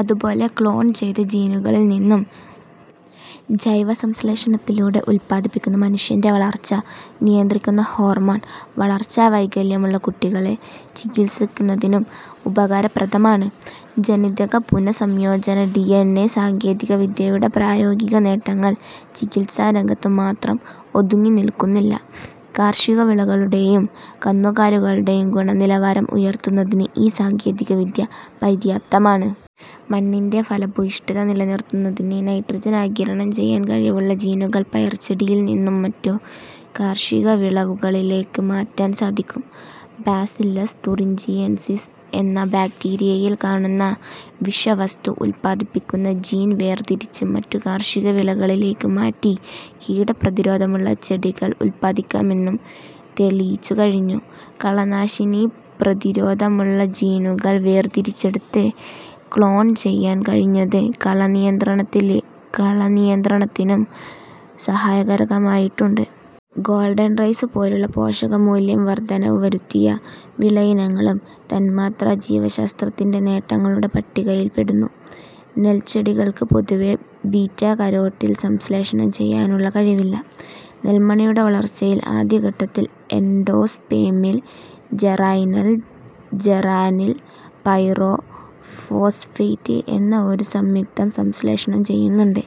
അതുപോലെ ക്ലോൺ ചെയ്ത ജീനുകളിൽ നിന്ന് ജൈവസംശ്ലേഷണത്തിലൂടെ ഉത്പാദിപ്പിക്കുന്ന മനുഷ്യന്റെ വളർച്ച നിയന്ത്രിക്കുന്ന ഹോർമോൺ, വളർച്ചാ വൈകല്യമുള്ള കുട്ടികളെ ചികിത്സിക്കുന്നതിന് ഉപകാരപ്രദമാണ്. ജനിതക പുനഃസംയോജന ഡിഎൻഎ സാങ്കേതികവിദ്യയുടെ പ്രായോഗിക നേട്ടങ്ങൾ ചികിത്സാരംഗത്തു മാത്രം ഒതുങ്ങി നിൽക്കുന്നില്ല. കാർഷികവിളകളുടേയും കന്നുകാലികളുടേയും ഗുണനിലവാരം ഉയർത്തുന്നതിന് ഈ സാങ്കേതികവിദ്യ പര്യാപ്തമാണ്. മണ്ണിന്റെ ഫലഭൂയിഷ്ഠത നിലനിർത്തുന്നതിന് നൈട്രജൻ ആഗിരണം ചെയ്യാൻ കഴിവുള്ള ജീനുകൾ പയർചെടിയിൽ നിന്ന് മറ്റു കാർഷിക വിളകളിലേക്കു മാറ്റാൻ സാധിക്കും. ബാസില്ലസ് തൂറിഞ്ചിയൻസിസ് എന്ന ബാക്ടീരിയയിൽ കാണുന്ന വിഷവസ്തു ഉത്പാദിപ്പിക്കുന്ന ജീൻ വേർതിരിച്ച് മറ്റു കാർഷികവിളകളിലേക്ക് മാറ്റി കീടപ്രതിരോധമുള്ള ചെടികൾ ഉത്പാദിക്കാമെന്ന് തെളിയിച്ചുകഴിഞ്ഞു. കളനാശിനി പ്രതിരോധമുള്ള ജീനുകൾ വേർതിരിച്ചെടുത്ത് ക്ളോൺ ചെയ്യാൻ കഴിഞ്ഞത് കളനിയന്ത്രണത്തിലും സഹായകരമായിട്ടുണ്ട്. ഗോൾഡൻ റൈസ് പോലുള്ള പോഷകമൂല്യ വർധനവ് വരു ത്തിയ വിളയിനങ്ങളും തന്മാത്രാജീവശാസ്ത്രത്തിന്റെ നേട്ടങ്ങളു ടെ പട്ടികയിൽപ്പെടുന്നു. നെൽച്ചെടികൾക്ക് പൊതുവേ ബീറ്റാക രോട്ടിൻ സംശ്ലേഷണം ചെയ്യുന്നതിനുള്ള കഴിവില്ല. നെന്മണിയുടെ വളർച്ചയുടെ ആദ്യഘട്ടത്തിൽ എൻഡോസ്പേമിൽ ജറൈനൽ ജറാനിൽ പൈറോ ഫോസ്ഫേറ്റ് എന്ന ഒരു സംയുക്തം സംശ്ലേഷണം ചെയ്യുന്നുണ്ട്.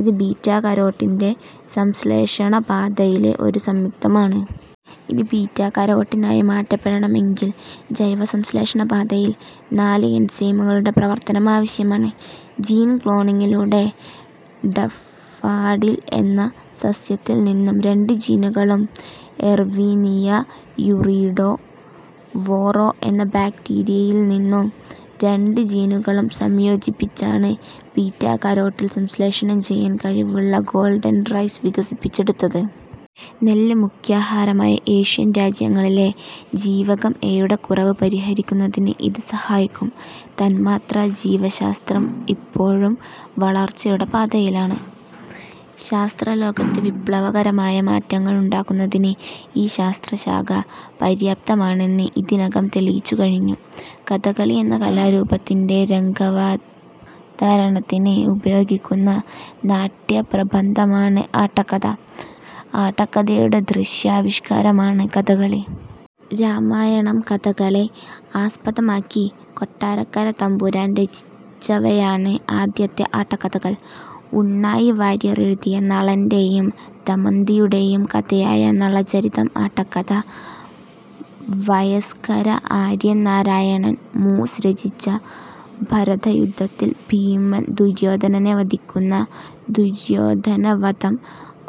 ഇത് ബീറ്റാകരോട്ടിന്റെ സംശ്ലേഷണപാത യിലെ ഒരു സംയുക്തമാണ്. ഇത് ബീറ്റാകരോട്ടിനായി മാറ്റപ്പെടണ മെങ്കിൽ ജൈവസംശ്ലേഷണ പാതയിൽ നാല് എൻസൈമുകളുടെ പ്രവർത്തനം ആവശ്യമാണ്. ജീൻ ക്ലോണിങ്ങിലൂടെ ഡാഫഡിൽ എന്ന സസ്യത്തിൽ നിന്ന് രണ്ട് ജീനുകളും എർവീനിയ യൂറിഡോ വോറ എന്ന ബാക്ടീരിയയിൽ നിന്ന് രണ്ട് ജീനുകളും സംയോജി പ്പിച്ചാണ് ബീറ്റാ കരോട്ടിൻ സംശ്ലേഷണം ചെയ്യാൻ കഴിവുള്ള ഗോൾഡൻ റൈസ് വികസിപ്പിച്ചെടുത്തത്. നെല്ല് മുഖ്യാഹാരമായ ഏഷ്യൻ രാജ്യങ്ങളിലെ ജീവകം എ-യുടെ കുറവ് പരിഹരിക്കുന്ന തിന് ഇത് സഹായിക്കും. തന്മാത്രാജീവശാസ്ത്രം ഇപ്പോഴും വളർച്ചയുടെ പാതയിലാണ്. ശാസ്ത്രലോകത്ത് വിപ്ലവകരമായ മാറ്റങ്ങൾ ഉണ്ടാക്കുന്നതിന് ഈ ശാസ്ത്രശാഖ പര്യാപ്തമാണെന്ന് ഇതിനകം തെളിയിച്ചുകഴിഞ്ഞു. കഥകളി എന്ന കലാരൂപത്തിന്റെ രംഗാവതരണത്തിന് ഉപയോഗിക്കുന്ന നാട്യപ്രബന്ധമാണ് ആട്ടക്കഥ. ആട്ടക്കഥയുടെ ദൃശ്യ ആവിഷ്കാരമാണ് കഥകളി. രാമായണം കഥകളെ ആസ്പദമാക്കി കൊട്ടാരക്കര തമ്പുരാൻ രചിച്ചവയാണ് ആദ്യത്തെ ആട്ടക്കഥകൾ. ഉണ്ണായി വാര്യർ എഴുതിയ നളന്റെയും ദമയന്തിയുടെയും കഥയായ നളചരിതം ആട്ടക്കഥ, വയ്സ്കര ആര്യൻ നാരായണൻ മൂസ്സ് രചിച്ച ഭാരതയുദ്ധത്തിൽ ഭീമൻ ദുര്യോധനനെ വധിക്കുന്ന ദുര്യോധനവധം,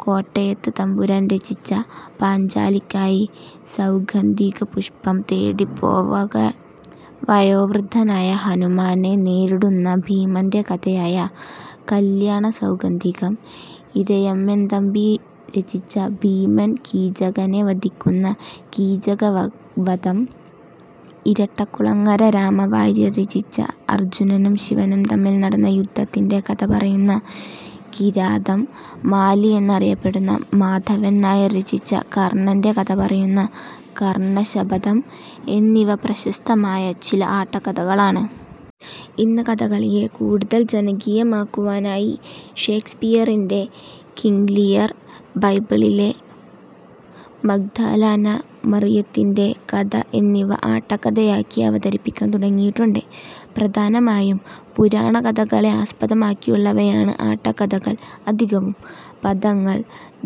കോട്ടയത്ത് തമ്പുരാൻ രചിച്ചപാഞ്ചാലിക്കായി സൗഗന്ധികപുഷ്പം തേടി പോകവേ വയോവൃദ്ധനായ ഹനുമാനെ നേരിടുന്ന ഭീമന്റെ കഥയായ കല്യാണസൌഗന്ധികം, ഇരയിമ്മൻ തമ്പി രചിച്ച ഭീമൻ കീചകനെ വധിക്കുന്ന കീചകവധം, ഇരട്ടക്കുളങ്ങര രാമവാര്യർ രചിച്ചഅർജ്ജുനനും ശിവനും തമ്മിൽ നടന്ന യുദ്ധത്തിന്റെ കഥ പറയുന്ന കിരാതം, മാലി എന്നറിയപ്പെടുന്ന മാധവൻ നായർ രചിച്ച കർണ്ണന്റെ കഥപറയുന്ന കർണ്ണശപഥം എന്നിവ പ്രശസ്തമായ ചില ആട്ടക്കഥകളാണ്. ഇന്ന് കഥകളിയെ കൂടുതൽ ജനകീയമാക്കുവാനായി ഷേക്സ്പിയറിന്റെ കിംഗ് ലിയർ, ബൈബിളിലെ മഗ്ദലനാ മറിയത്തിന്റെ കഥ എന്നിവ ആട്ടക്കഥയാക്കി അവതരിപ്പിക്കാൻ തുടങ്ങിയിട്ടുണ്ട്. പ്രധാനമായും പുരാണ കഥകളെ ആസ്പദമാക്കിയുള്ളവയാണ് ആട്ടക്കഥകൾ അധികവും. പദങ്ങൾ,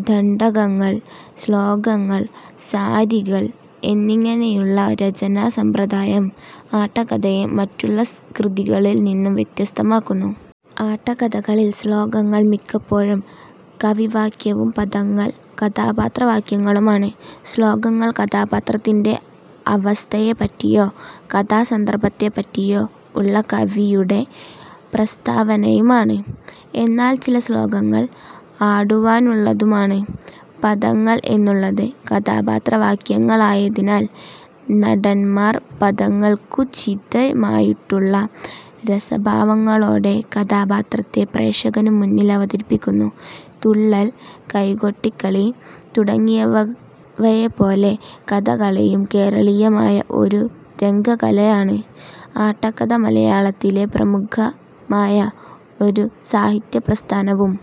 ദണ്ഡകങ്ങൾ, ശ്ലോകങ്ങൾ, സാരികൾ, എന്നിങ്ങനെയുള്ള രചനാ സമ്പ്രദായം ആട്ടക്കഥയെ മറ്റുള്ള കൃതികളിൽ നിന്നും വ്യത്യസ്തമാക്കുന്നു. ആട്ടക്കഥകളിൽ ശ്ലോകങ്ങൾ മിക്കപ്പോഴും കവിവാക്യവും പദങ്ങൾ കഥാപാത്രവാക്യങ്ങളുമാണ്. ശ്ലോകങ്ങൾ കഥാപാത്രത്തിന്റെ അവസ്ഥയെപ്പറ്റിയോ കഥാ സന്ദർഭത്തെപ്പറ്റിയോ ഉള്ള കവിയുടെ പ്രസ്താവനയുമാണ്. എന്നാൽ ചില ശ്ലോകങ്ങൾ ആടുവാനുള്ളതുമാണ്. പദങ്ങൾ എന്നുള്ളത് കഥാപാത്രവാക്യങ്ങളായതിനാൽ നടന്മാർ പദങ്ങൾക്കനുചിതമായിട്ടുള്ള രസഭാവങ്ങളോടെ കഥാപാത്രത്തെ പ്രേഷകനു മുൻപിൽ അവതരിപ്പിക്കുന്നു. തുള്ളൽ, കൈകൊട്ടിക്കളി തുടങ്ങിയവയെപ്പോലെ കഥകളിയും കേരളീയമായ ഒരു രംഗകല ആണ്; ആട്ടക്കഥ മലയാളത്തിലെ പ്രമുഖമായ ഒരു സാഹിത്യപ്രസ്ഥാനവും.